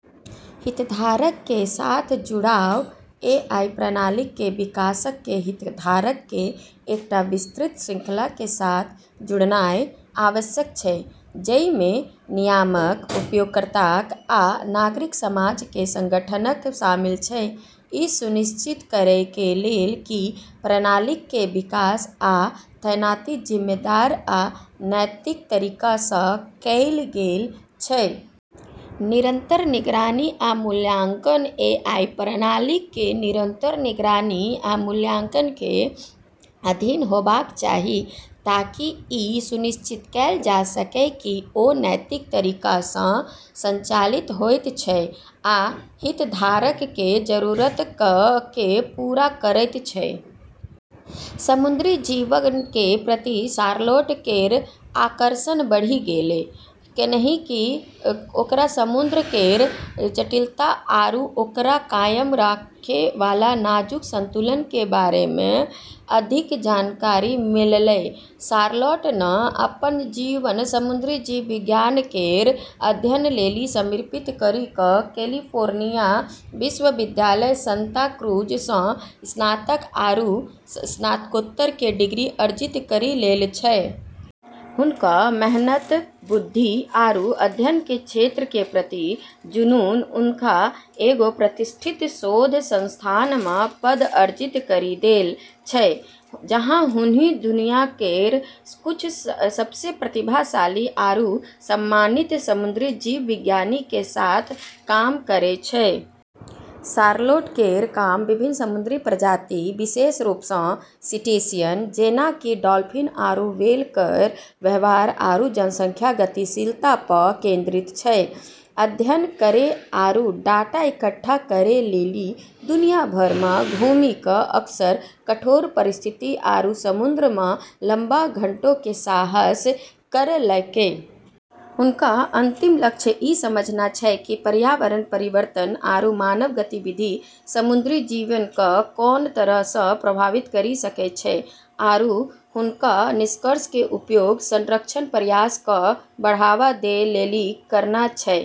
- हितधारक कें साथ जुड़ाव: एआई प्रणालीक कें विकासक कें हितधारक कें एकटा विस्तृत श्रृंखला कें साथ जुड़नाय आवश्यक छै, जइ मे नियामक, उपयोगकर्ताक, आ नागरिक समाज कें संगठनक शामिल छै, इ सुनिश्चित करय कें लेल की प्रणालीक कें विकास आ तैनाती जिम्मेदार आ नैतिक तरीका सं कैल गेल छै. निरंतर निगरानी आ मूल्यांकन: एआई प्रणालीक कें निरंतर निगरानी आ मूल्यांकन कें अधीन होबाक चाही ताकि इ सुनिश्चित कैल जा सकय की ओ नैतिक तरीका सं संचालित होयत छै आ हितधारक कें जरूरतक कें पूरा करयत छै. समुद्री जीवन के प्रति शार्लोट केरऽ आकर्षण बढ़ी गेलै, कैन्हेंकि ओकरा समुद्र केरऽ जटिलता आरू ओकरा कायम रखै वाला नाजुक संतुलन के बारे म॑ अधिक जानकारी मिललै। शार्लोट न॑ अपनऽ जीवन समुद्री जीव विज्ञान केरऽ अध्ययन लेली समर्पित करी क॑ कैलिफोर्निया विश्वविद्यालय, सांता क्रूज स॑ स्नातक आरू स्नातकोत्तर के डिग्री अर्जित करी लेल॑ छै। हुनकऽ मेहनत, बुद्धि आरू अध्ययन के क्षेत्र के प्रति जुनून हुनका एगो प्रतिष्ठित शोध संस्थान म॑ पद अर्जित करी देल॑ छै, जहां हुनी दुनिया केरऽ कुछ सबसें प्रतिभाशाली आरू सम्मानित समुद्री जीवविज्ञानी के साथ काम करै छै। शार्लोट केरऽ काम विभिन्न समुद्री प्रजाति, विशेष रूप स॑ सीटेशियन, जेना कि डॉल्फिन आरू व्हेल केरऽ व्यवहार आरू जनसंख्या गतिशीलता प॑ केंद्रित छै। अध्ययन करै आरू डाटा इकट्ठा करै लेली दुनिया भर म॑ घूमी क॑ अक्सर कठोर परिस्थिति आरू समुद्र म॑ लम्बा घंटो के साहस करलकै। हुनकऽ अंतिम लक्ष्य ई समझना छै कि पर्यावरण परिवर्तन आरू मानव गतिविधि समुद्री जीवन क॑ कोन तरह स॑ प्रभावित करी सकै छै, आरू हुनकऽ निष्कर्ष के उपयोग संरक्षण प्रयास क॑ बढ़ावा दै लेली करना छै।